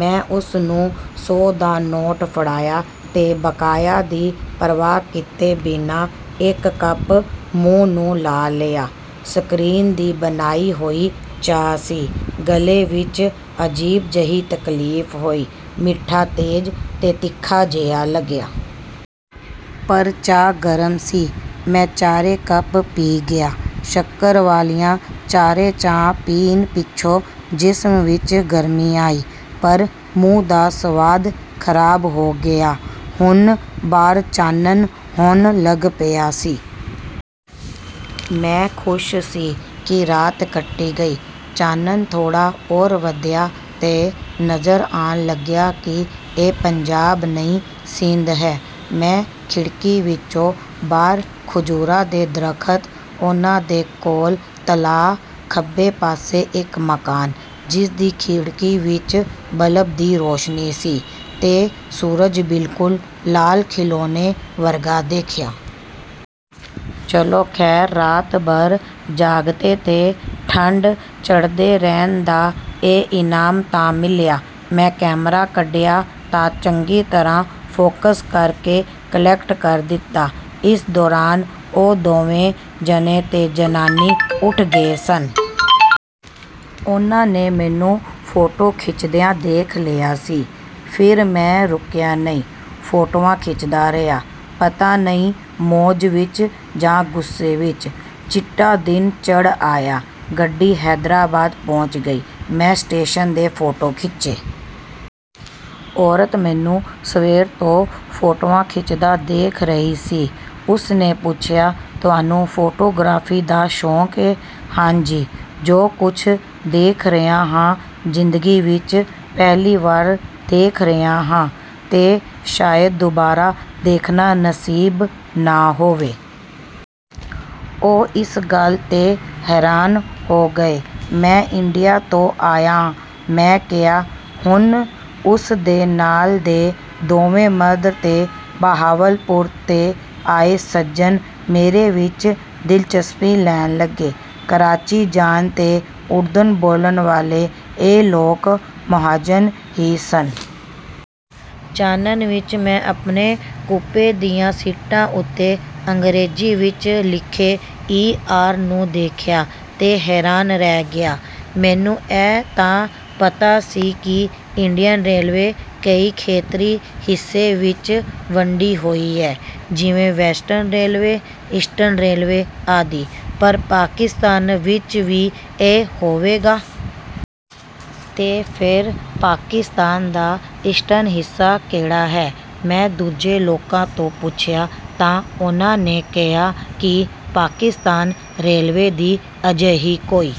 ਮੈਂ ਉਸ ਨੂੰ ਸੌ ਦਾ ਨੋਟ ਫੜਾਇਆ ਤੇ ਬਕਾਇਆ ਦੀ ਪ੍ਰਵਾਹ ਕੀਤੇ ਬਿਨਾਂ ਇੱਕ ਕੱਪ ਮੂੰਹ ਨੂੰ ਲਾ ਲਿਆ। ਸਕਰੀਨ ਦੀ ਬਣਾਈ ਹੋਈ ਚਾਹ ਸੀ। ਗਲੇ ਵਿੱਚ ਅਜੀਬ ਜਿਹੀ ਤਕਲੀਫ਼ ਹੋਈ। ਮਿੱਠਾ ਤੇਜ਼ ਤੇ ਤਿੱਖਾ ਜਿਹਾ ਲੱਗਿਆ। ਪਰ ਚਾਹ ਗਰਮ ਸੀ। ਮੈਂ ਚਾਰੇ ਕੱਪ ਪੀ ਗਿਆ। ਸ਼ੱਕਰ ਵਾਲੀਆਂ ਚਾਰੇ ਚਾਹਾਂ ਪੀਣ ਪਿੱਛੋਂ ਜਿਸਮ ਵਿੱਚ ਗਰਮੀ ਆਈ, ਪਰ ਮੂੰਹ ਦਾ ਸਵਾਦ ਖ਼ਰਾਬ ਹੋ ਗਿਆ। ਹੁਣ ਬਾਹਰ ਚਾਨਣ ਹੋਣ ਲੱਗ ਪਿਆ ਸੀ। ਮੈਂ ਖ਼ੁਸ਼ ਸੀ ਕਿ ਰਾਤ ਕੱਟੀ ਗਈ। ਚਾਨਣ ਥੋੜ੍ਹਾ ਹੋਰ ਵਧਿਆ ਤਾਂ ਨਜ਼ਰ ਆਉਣ ਲੱਗਾ ਕਿ ਇਹ ਪੰਜਾਬ ਨਹੀਂ, ਸਿੰਧ ਹੈ। ਮੈਂ ਖਿੜਕੀ ਵਿੱਚੋਂ ਬਾਹਰ ਖਜੂਰਾਂ ਦੇ ਦਰਖ਼ਤ, ਉਹਨਾਂ ਦੇ ਕੋਲ ਤਲਾਅ, ਖੱਬੇ ਪਾਸੇ ਇੱਕ ਮਕਾਨ, ਜਿਸ ਦੀ ਖਿੜਕੀ ਵਿੱਚ ਬੱਲਬ ਦੀ ਰੋਸ਼ਨੀ ਸੀ, ਤੇ ਸੂਰਜ ਬਿਲਕੁਲ ਲਾਲ ਖਿਡੌਣੇ ਵਰਗਾ ਦੇਖਿਆ। ਚਲੋ ਖ਼ੈਰ, ਰਾਤ ਭਰ ਜਾਗਦੇ ਤੇ ਠੰਡ ਝੱਲਦੇ ਰਹਿਣ ਦਾ ਇਹ ਇਨਾਮ ਤਾਂ ਮਿਲਿਆ। ਮੈਂ ਕੈਮਰਾ ਕੱਢਿਆ ਤੇ ਚੰਗੀ ਤਰ੍ਹਾਂ ਫੋਕਸ ਕਰਕੇ ਕਲਿੱਕ ਕਰ ਦਿੱਤਾ। ਇਸ ਦੌਰਾਨ ਉਹ ਦੋਵੇਂ ਜਣੇ ਤੇ ਜਨਾਨੀ ਉੱਠ ਗਏ ਸਨ। ਉਹਨਾਂ ਨੇ ਮੈਨੂੰ ਫੋਟੋ ਖਿੱਚਦਿਆਂ ਦੇਖ ਲਿਆ ਸੀ। ਫਿਰ ਮੈਂ ਰੁਕਿਆ ਨਹੀਂ। ਫੋਟੋਆਂ ਖਿੱਚਦਾ ਰਿਹਾ। ਪਤਾ ਨਹੀਂ, ਮੌਜ ਵਿੱਚ ਜਾਂ ਗੁੱਸੇ ਵਿੱਚ। ਚਿੱਟਾ ਦਿਨ ਚੜ੍ਹ ਆਇਆ। ਗੱਡੀ ਹੈਦਰਾਬਾਦ ਪਹੁੰਚ ਗਈ। ਮੈਂ ਸਟੇਸ਼ਨ ਦੇ ਫੋਟੋ ਖਿੱਚੇ। ਔਰਤ ਮੈਨੂੰ ਸਵੇਰ ਤੋਂ ਫੋਟੋਆਂ ਖਿੱਚਦਾ ਦੇਖ ਰਹੀ ਸੀ। ਉਸ ਨੇ ਪੁੱਛਿਆ, "ਤੁਹਾਨੂੰ ਫੋਟੋਗ੍ਰਾਫੀ ਦਾ ਸ਼ੌਕ ਏ?" "ਹਾਂ ਜੀ... ਜੋ ਕੁਝ ਦੇਖ ਰਿਹਾ ਹਾਂ, ਜ਼ਿੰਦਗੀ ਵਿੱਚ ਪਹਿਲੀ ਵਾਰ ਦੇਖ ਰਿਹਾ ਹਾਂ ਤੇ ਸ਼ਾਇਦ ਦੁਬਾਰਾ ਦੇਖਣਾ ਨਸੀਬ ਨਾ ਹੋਵੇ।" ਉਹ ਇਸ ਗੱਲ 'ਤੇ ਹੈਰਾਨ ਹੋ ਗਈ। "ਮੈਂ ਇੰਡੀਆ ਤੋਂ ਆਇਆ ਆਂ," ਮੈਂ ਕਿਹਾ। ਹੁਣ ਉਸ ਦੇ ਨਾਲ ਦੇ ਦੋਵੇਂ ਮਰਦ ਤੇ ਬਹਾਵਲਪੁਰ ਤੋਂ ਆਏ ਸੱਜਣ ਮੇਰੇ ਵਿੱਚ ਦਿਲਚਸਪੀ ਲੈਣ ਲੱਗੇ। ਕਰਾਚੀ ਜਾਣ ਤੇ ਉਰਦੂ ਬੋਲਣ ਵਾਲੇ ਇਹ ਲੋਕ 'ਮੁਹਾਜਿਰ' ਹੀ ਸਨ। ਚਾਨਣ ਵਿੱਚ ਮੈਂ ਆਪਣੇ ਕੂਪੇ ਦੀਆਂ ਸੀਟਾਂ ਉੱਤੇ ਅੰਗਰੇਜ਼ੀ ਵਿੱਚ ਲਿਖੇ 'ਈ. ਆਰ.' ਨੂੰ ਦੇਖਿਆ ਤੇ ਹੈਰਾਨ ਰਹਿ ਗਿਆ। ਮੈਨੂੰ ਇਹ ਤਾਂ ਪਤਾ ਸੀ ਕਿ ਇੰਡੀਅਨ ਰੇਲਵੇ ਕਈ ਖੇਤਰੀ ਹਿੱਸੇ ਵਿੱਚ ਵੰਡੀ ਹੋਈ ਹੈ, ਜਿਵੇਂ ਵੈਸਟਰਨ ਰੇਲਵੇ, ਈਸਟਰਨ ਰੇਲਵੇ ਆਦਿ, ਪਰ ਪਾਕਿਸਤਾਨ ਵਿੱਚ ਵੀ ਇਵੇਂ ਹੋਵੇਗਾ? ਤੇ ਫਿਰ ਪਾਕਿਸਤਾਨ ਦਾ ਈਸਟਰਨ ਹਿੱਸਾ ਕਿਹੜਾ ਹੈ? ਮੈਂ ਦੂਜੇ ਲੋਕਾਂ ਤੋਂ ਪੁੱਛਿਆ ਤਾਂ ਉਹਨਾਂ ਨੇ ਕਿਹਾ ਕਿ ਪਾਕਿਸਤਾਨ ਰੇਲਵੇ ਦੀ ਅਜਿਹੀ ਕੋਈ...